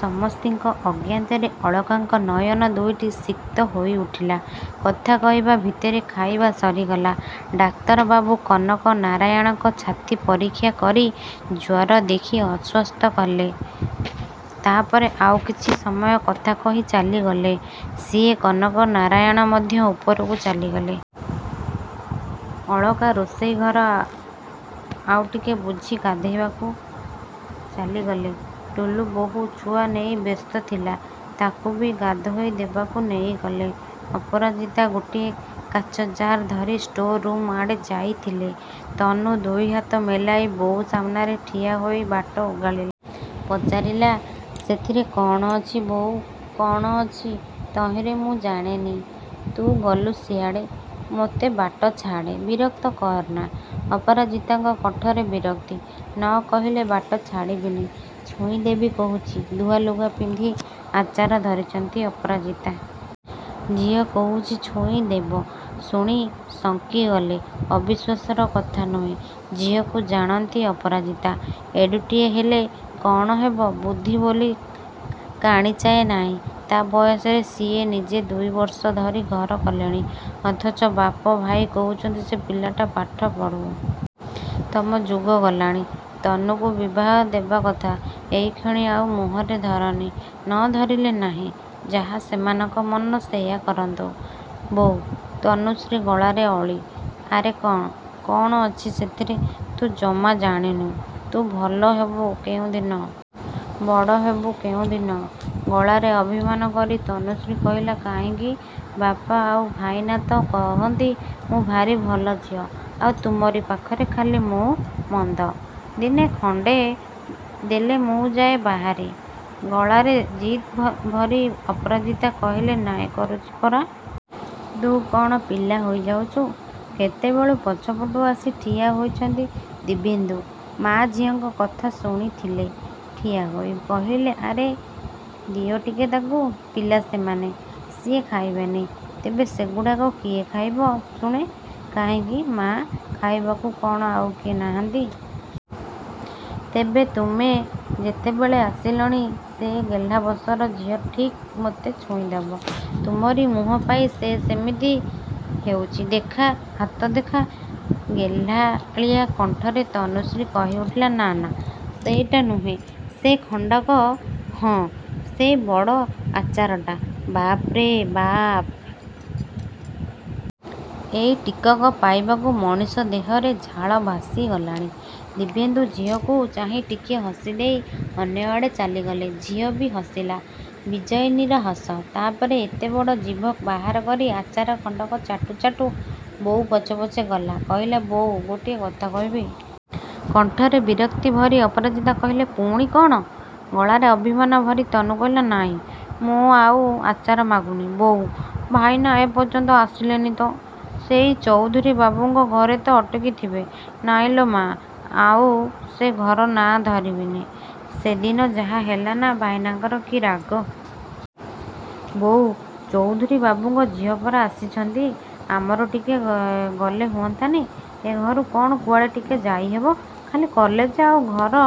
ସମସ୍ତିଙ୍କ ଅଜ୍ଞାତରେ ଅଳକାଙ୍କ ନୟନ ଦୁଇଟି ଶିକ୍ତ ହେଇଉଠିଲା। କଥା କହିବା ଭିତରେ ଖାଇବା ସରିଗଲା। ଡାକ୍ତରବାବୁ କନକ ନାରାୟଣଙ୍କ ଛାତି ପରୀକ୍ଷା କରି, ଜ୍ୱର ଦେଖି ଅସ୍ୱସ୍ତ ହେଲେ। ତାପରେ ଆଉ କିଛି ସମୟ କଥା କହି ଚାଲିଗଲେ ସିଏ, କନକ ନାରାୟଣ ମଧ୍ୟ ଉପରକୁ ଚାଲିଗଲେ। ଅଳକା ରୋଷେଇ ଘର ଆଉ ଟିକେ ବୁଝି ଗାଧୋଇବାକୁ ଚାଲିଗଲେ। ଟୁଲୁ ବୋହୂ ଛୁଆ ନେଇ ବ୍ୟସ୍ତ ଥିଲା। ତାକୁ ବି ଗାଧୋଇ ଦେବାକୁ ନେଇଗଲେ। ଅପରାଜିତା ଗୋଟିଏ କାଚ ଜାର ଧରି ଷ୍ଟୋର ରୁମ୍ ଆଡ଼େ ଯାଇଥିଲେ। ତନୁ ଦୁଇହାତ ମେଲାଇ ବୋଉ ସାମନାରେ ଠିଆହୋଇ ବାଟ ଓଗାଳିଲା। ପଚାରିଲା–ସେଥିରେ କ'ଣ ଅଛି ବୋଉ? କ'ଣ ଅଛି ତହିଁରେ ମୁଁ ଜାଣେନି। ତୁ ଗଲୁ ସିଆଡ଼େ। ମୋତେ ବାଟ ଛାଡ଼େ, ବିରକ୍ତ କରନା। ଅପରାଜିତାଙ୍କ କଣ୍ଠରେ ବିରକ୍ତି। ନ କହିଲେ ବାଟ ଛାଡ଼ିବିନି, ଛୁଇଁଦେବି କହୁଛି। ଧୁଆ ଲୁଗା ପିନ୍ଧି ଆଚାର ଧରିଛନ୍ତି ଅପରାଜିତା। ଝିଅ କହୁଛି ଛୁଇଁଦେବ, ଶୁଣି ଶଙ୍କିଗଲେ। ଅବିଶ୍ୱାସର କଥା ନୁହେଁ, ଝିଅକୁ ଜାଣନ୍ତି ଅପରାଜିତା। ଏଡ଼ୁଟିଏ ହେଲେ କ'ଣ ହେବ, ବୁଦ୍ଧି ବୋଲି କାଣିଚାଏ ନାହିଁ। ତା' ବୟସରେ ସିଏ ନିଜେ ଦୁଇବର୍ଷ ଧରି ଘର କଲେଣି। ଅଥଚ, ବାପ, ଭାଇ, କହୁଛନ୍ତି ସେ ପିଲାଟା ପାଠ ପଢ଼ୁ। ତମ ଯୁଗ ଗଲାଣି। ତନୁକୁ ବିବାହ ଦେବା କଥା ଏଇକ୍ଷଣି ଆଉ ମୁହଁରେ ଧରନି। ନ ଧରିଲେ ନାହିଁ, ଯାହା ସେମାନଙ୍କ ମନ ସେଇୟା କରନ୍ତୁ। ବୋଉ. ତନୁଶ୍ରୀ ଗଳାରେ ଅଳି। ଆରେ କ'ଣ? କ'ଣ ଅଛି ସେଥିରେ? ତୁ ଜମା ଜାଣିନୁ? ତୁ ଭଲ ହେବୁ କେଉଁଦିନ। ବଡ଼ ହବୁ କେଉଁଦିନ? ଗଳାରେ ଅଭିମାନ କରି ତନୁଶ୍ରୀ କହିଲା କାହିଁକି, ବାପା ଆଉ ଭାଇନା ତ କହନ୍ତି ମୁଁ ଭାରି ଭଲଝିଅ, ଆଉ ତୁମରି ପାଖରେ ଖାଲି ମୁଁ ମନ୍ଦ। ଦିଅ ଖଣ୍ଡେ, ଦେଲେ ମୁଁ ଯାଏ ବାହାରି। ଗଳାରେ ଜିଦ୍ ଭରି ଅପରାଜିତା କହିଲେ ନାହିଁ କରୁଛି ପରା। ତୁ କ'ଣ ପିଲା ହୋଇଯାଉଛୁ? କେତେବେଳୁ ପଛପଟୁ ଆସି ଠିଆ ହୋଇଛନ୍ତି ଦିବ୍ୟେନ୍ଦୁ। ମାଆ ଝିଅଙ୍କ କଥା ଶୁଣିଥିଲେ ଠିଆହୋଇ। କହିଲେ ଆରେ ଦିଅ ଟିକେ ତାକୁ। ପିଲା ସେମାନେ, ସିଏ ଖାଇବେନି, ତେବେ ସେଗୁଡାକ କିଏ ଖାଇବ ଶୁଣେ? କାହିଁକି ମା, ଖାଇବାକୁ କ'ଣ ଆଉ କିଏ ନାହାନ୍ତି? ତେବେ ତୁମେ ଯେତେବେଳେ ଆସିଲଣି ସେ ଗେହ୍ଲାବସର ଝିଅ ଠିକ୍ ମୋତେ ଛୁଇଁଦେବ। ତୁମରି ମୁହଁ ପାଇ ସେ ସେମିତି ହେଉଛି। ଦେଖା, ହାତ ଦେଖା। ଗେହ୍ଲାଳିଆ କଣ୍ଠରେ ତନୁଶ୍ରୀ କହିଉଠିଲା ନା ନା, ସେଇଟା ନୁହେଁ। ସେ ଖଣ୍ଡକ। ହଁ, ସେଇ ବଡ଼ ଆଚାରଟା। ବାପ୍ରେ ବାପ୍! ଏଇ ଟିକକ ପାଇବାକୁ ମଣିଷ ଦେହରେ ଝାଳ ଭାସିଗଲାଣି। ଦିବ୍ୟେନ୍ଦୁ ଝିଅକୁ ଚାହିଁ ଟିକିଏ ହସିଦେଇ ଅନ୍ୟଆଡ଼େ ଚାଲିଗଲେ। ଝିଅବି ହସିଲା, ବିଜୟିନୀର ହସ। ତାପରେ ଏଡ଼େବଡ଼ ଜିଭ ବାହାର କରି ଆଚାର ଖଣ୍ଡକ ଚାଟୁ ଚାଟୁ ବୋଉ ପଛେ ପଛେ ଗଲା। କହିଲା ବୋଉ, ଗୋଟିଏ କଥା କହିବି। କଣ୍ଠରେ ବିରକ୍ତି ଭରି ଅପରାଜିତା କହିଲେ ପୁଣି କ'ଣ? ଗଳାରେ ଅଭିମାନ ଭରି ତନୁ କହିଲା ନାଇଁ ମୁଁ ଆଉ ଆଚାର ମାଗୁନି। ବୋଉ, ଭାଇନା ଏ ପର୍ଯ୍ୟନ୍ତ ଆସିଲେନି ତ? ସେଇ ଚଉଧୂରୀ ବାବୁଙ୍କ ଘରେ ତ ଅଟକିଥିବେ। ନାଇଁ ଲୋ ମା, ଆଉ ସେ ଘର ନାଁ ଧରିବିନି; ସେଦିନ ଯାହା ହେଲାନା, ଭାଇନାଙ୍କର କି ରାଗ। ବୋଉ, ଚଉଧୁରୀ ବାବୁଙ୍କ ଝିଅ ପରା ଆସିଛନ୍ତି। ଆମର ଟିକେ ଗଲେ ହୁଅନ୍ତାନି?ଏ ଘରୁ କ'ଣ କୁଆଡ଼େ ଟିକେ ଯାଇହେବ! ଖାଲି କଲେଜ ଆଉ ଘର,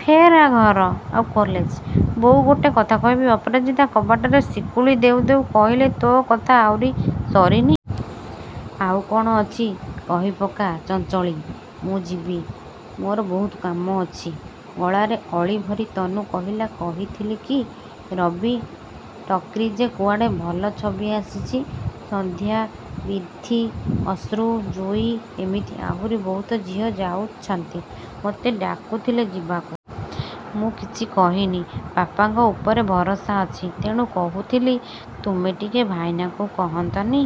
ଫେର୍ ଘର ଆଉ କଲେଜ। ବୋଉ, ଗୋଟେ କଥା କହିବି? ଅପରାଜିତା କବାଟରେ ଶିକୁଳି ଦେଉ ଦେଉ କହିଲେ ତୋ କଥା ଆହୁରି ସରିନି? ଆଉ କ'ଣ ଅଛି କହିପକା ଚଞ୍ଚଳୀ, ମୁଁ ଯିବି। ମୋର ବହୁତ କାମ ଅଛି। ଗଳାରେ ଅଳି ଭରି ତନୁ କହିଲା କହିଥିଲି କି, ରବି ଟକିଜ୍ରେ କୁଆଡ଼େ ଭଲ ଛବି ଆସିଛି। ସନ୍ଧ୍ୟା, ବୀଥି, ଅଶୃ, ଜୁଇ ଏମିତି ଆହୁରି ବହୁତ ଝିଅ ଯାଉଛନ୍ତି। ମୋତେ ଡାକୁଥିଲେ ଯିବାକୁ। ମୁଁ କିଛି କହିନି। ବାପାଙ୍କ ଉପରେ ଭରସା ଅଛି। ତେଣୁ କହୁଥିଲି ତୁମେ ଟିକେ ଭାଇନାକୁ କହନ୍ତନି?